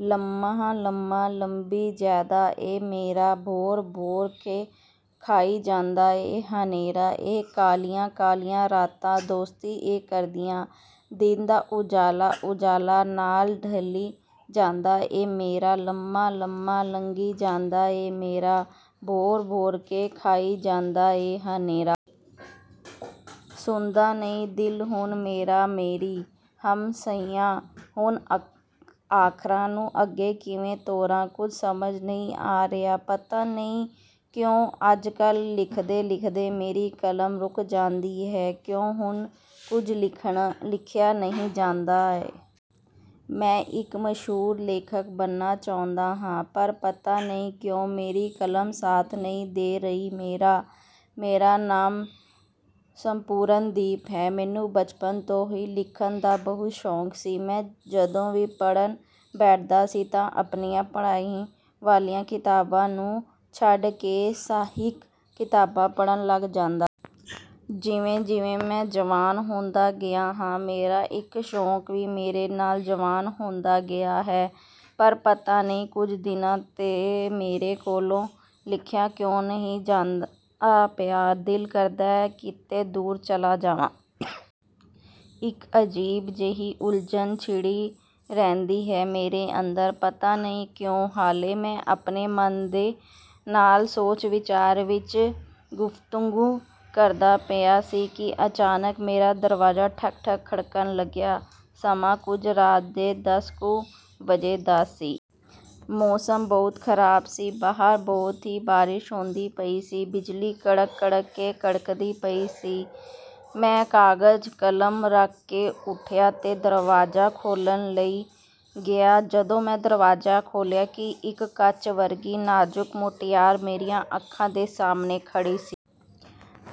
ਲੰਮਹਾ-ਲੰਮਹਾ ਲੰਘੀ ਜਾਂਦਾ ਐ ਮੇਰਾ, ਭੌਰ-ਭੌਰ ਕੇ ਖਾਈ ਜਾਂਦਾ ਐ ਹਨੇਰਾ। ਏ ਕਾਲੀਆਂ-ਕਾਲੀਆਂ ਰਾਤਾਂ ਦੋਸਤੀ ਐ ਕਰਦੀਆਂ, ਦਿਨ ਦਾ ਉਜਾਲਾ-ਉਜਾਲਾ ਨਾਲ ਢਲੀ ਜਾਂਦਾ ਐ ਮੇਰਾ। ਲੰਮਾ-ਲੰਮਾ ਲੰਘੀ ਜਾਂਦਾ ਐ ਮੇਰਾ, ਭੌਰ-ਭੌਰ ਕੇ ਖਾਈ ਜਾਂਦਾ ਐ ਹਨੇਰਾ। ਸੁਣਦਾ ਨਹੀਂ ਦਿਲ ਹੁਣ ਮੇਰਾ ਮੇਰੀ। "ਹਮ... ਸਹੀ ਆ। ਹੁਣ ਅੱਖਰਾਂ ਨੂੰ ਅੱਗੇ ਕਿਵੇਂ ਤੋਰਾਂ, ਕੁਝ ਸਮਝ ਨਹੀਂ ਆ ਰਿਹਾ। ਪਤਾ ਨਹੀਂ ਕਿਉਂ ਅੱਜ-ਕੱਲ੍ਹ ਲਿਖਦੇ-ਲਿਖਦੇ ਮੇਰੀ ਕਲਮ ਰੁਕ ਜਾਂਦੀ ਐ। ਕਿਉਂ ਹੁਣ ਕੁਝ ਲਿਖਿਆ ਨਹੀਂ ਜਾਂਦਾ ਹੈ।" "ਮੈਂ ਇੱਕ ਮਸ਼ਹੂਰ ਲੇਖਕ ਬਣਨਾ ਚਾਹੁੰਦਾ ਹਾਂ।" ਪਰ ਪਤਾ ਨਹੀਂ ਕਿਉਂ? ਮੇਰੀ ਕਲਮ ਸਾਥ ਨਹੀਂ ਦੇ ਰਹੀ ਮੇਰਾ। "ਮੇਰਾ ਨਾਮ ਸੁਪਨਦੀਪ ਹੈ।" ਮੈਨੂੰ ਬਚਪਨ ਤੋਂ ਹੀ ਲਿਖਣ ਦਾ ਬਹੁਤ ਸ਼ੌਂਕ ਸੀ। ਮੈਂ ਜਦੋਂ ਵੀ ਪੜ੍ਹਨ ਬੈਠਦਾ ਸੀ ਤਾਂ ਆਪਣੀਆਂ ਪੜ੍ਹਾਈ ਵਾਲੀਆਂ ਕਿਤਾਬਾਂ ਨੂੰ ਛੱਡ ਕੇ ਸਾਹਿਤਕ ਕਿਤਾਬਾਂ ਪੜ੍ਹਨ ਲੱਗ ਜਾਂਦਾ ਸੀ। ਜਿਵੇਂ-ਜਿਵੇਂ ਮੈਂ ਜਵਾਨ ਹੁੰਦਾ ਗਿਆ ਹਾਂ, ਮੇਰਾ ਇਹ ਸ਼ੌਂਕ ਵੀ ਮੇਰੇ ਨਾਲ ਜਵਾਨ ਹੁੰਦਾ ਗਿਆ ਹੈ। ਪਰ ਪਤਾ ਨਹੀਂ ਕੁਝ ਦਿਨਾਂ ਤੋਂ ਮੇਰੇ ਕੋਲੋਂ ਲਿਖਿਆ ਕਿਉਂ ਨਹੀਂ ਜਾਂਦਾ ਪਿਆ। ਦਿਲ ਕਰਦਾ ਕਿਤੇ ਦੂਰ ਚਲਾ ਜਾਵਾਂ। ਇੱਕ ਅਜੀਬ ਜਿਹੀ ਉਲਝਣ ਛਿੜੀ ਰਹਿੰਦੀ ਹੈ ਮੇਰੇ ਅੰਦਰ। ਪਤਾ ਨਹੀਂ ਕਿਉਂ। ਹਾਲੇ ਮੈਂ ਆਪਣੇ ਮਨ ਦੇ ਨਾਲ ਸੋਚ-ਵਿਚਾਰ ਵਿੱਚ ਗੁਫ਼ਤਗੂ ਕਰਦਾ ਪਿਆ ਸੀ ਕਿ ਅਚਾਨਕ ਮੇਰਾ ਦਰਵਾਜ਼ਾ ਠਕ-ਠਕ ਖੜਕਣ ਲੱਗਿਆ। ਸਮਾਂ ਕੁਝ ਰਾਤ ਦੇ ਦਸ ਕੁ ਵਜੇ ਦਾ ਸੀ। ਮੌਸਮ ਬਹੁਤ ਖ਼ਰਾਬ ਸੀ। ਬਾਹਰ ਬਹੁਤ ਹੀ ਬਾਰਿਸ਼ ਹੁੰਦੀ ਪਈ ਸੀ। ਬਿਜਲੀ ਕੜਕ-ਕੜਕ ਕੇ ਕੜਕਦੀ ਪਈ ਸੀ। ਮੈਂ ਕਾਗਜ਼-ਕਲਮ ਰੱਖ ਕੇ ਉੱਠਿਆ ਤੇ ਦਰਵਾਜ਼ਾ ਖੋਲ੍ਹਣ ਲਈ ਗਿਆ। ਜਦੋਂ ਮੈਂ ਦਰਵਾਜ਼ਾ ਖੋਲ੍ਹਿਆ, ਇੱਕ ਕੱਚ ਵਰਗੀ ਨਾਜ਼ੁਕ ਮੁਟਿਆਰ ਮੇਰੀਆਂ ਅੱਖਾਂ ਦੇ ਸਾਹਮਣੇ ਖੜ੍ਹੀ ਸੀ।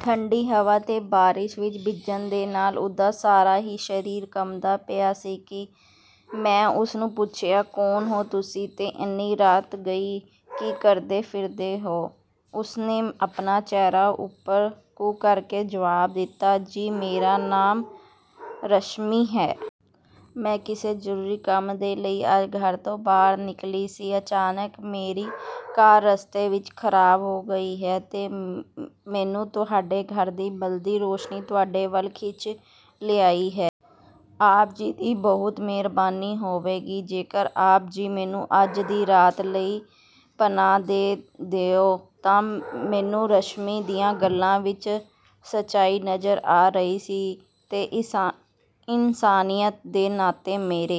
ਠੰਡੀ ਹਵਾ ਤੇ ਬਾਰਿਸ਼ ਵਿੱਚ ਭਿੱਜਣ ਦੇ ਨਾਲ ਉਸਦਾ ਸਾਰਾ ਹੀ ਸਰੀਰ ਕੰਬਦਾ ਪਿਆ ਸੀ। ਮੈਂ ਉਸਨੂੰ ਪੁੱਛਿਆ, "ਕੌਣ ਹੋ ਤੁਸੀਂ? ਤੇ ਇੰਨੀ ਰਾਤ ਗਈ ਕੀ ਕਰਦੇ ਫਿਰਦੇ ਹੋ?" ਉਸਨੇ ਆਪਣਾ ਚਿਹਰਾ ਉੱਪਰ ਨੂੰ ਕਰਕੇ ਜਵਾਬ ਦਿੱਤਾ, "ਜੀ, ਮੇਰਾ ਨਾਮ ਰਸ਼ਮੀ ਹੈ। ਮੈਂ ਕਿਸੇ ਜ਼ਰੂਰੀ ਕੰਮ ਦੇ ਲਈ ਅੱਜ ਘਰ ਤੋਂ ਬਾਹਰ ਨਿਕਲੀ ਸੀ। ਅਚਾਨਕ ਮੇਰੀ ਕਾਰ ਰਸਤੇ ਵਿੱਚ ਖ਼ਰਾਬ ਹੋ ਗਈ ਹੈ ਤੇ ਮੈਨੂੰ ਤੁਹਾਡੇ ਘਰ ਦੀ ਬਲਦੀ ਰੌਸ਼ਨੀ ਤੁਹਾਡੇ ਵੱਲ ਖਿੱਚ ਲਿਆਈ ਹੈ। ਆਪ ਜੀ ਦੀ ਬਹੁਤ ਮਿਹਰਬਾਨੀ ਹੋਵੇਗੀ, ਜੇਕਰ ਆਪ ਜੀ ਮੈਨੂੰ ਅੱਜ ਦੀ ਰਾਤ ਲਈ ਪਨਾਹ ਦੇ ਦਿਓ ਤਾਂ।" ਮੈਨੂੰ ਰਸ਼ਮੀ ਦੀਆਂ ਗੱਲਾਂ ਵਿੱਚ ਸੱਚਾਈ ਨਜ਼ਰ ਆ ਰਹੀ ਸੀ ਤੇ ਇਨਸਾਨੀਅਤ ਦੇ ਨਾਤੇ ਮੇਰੇ…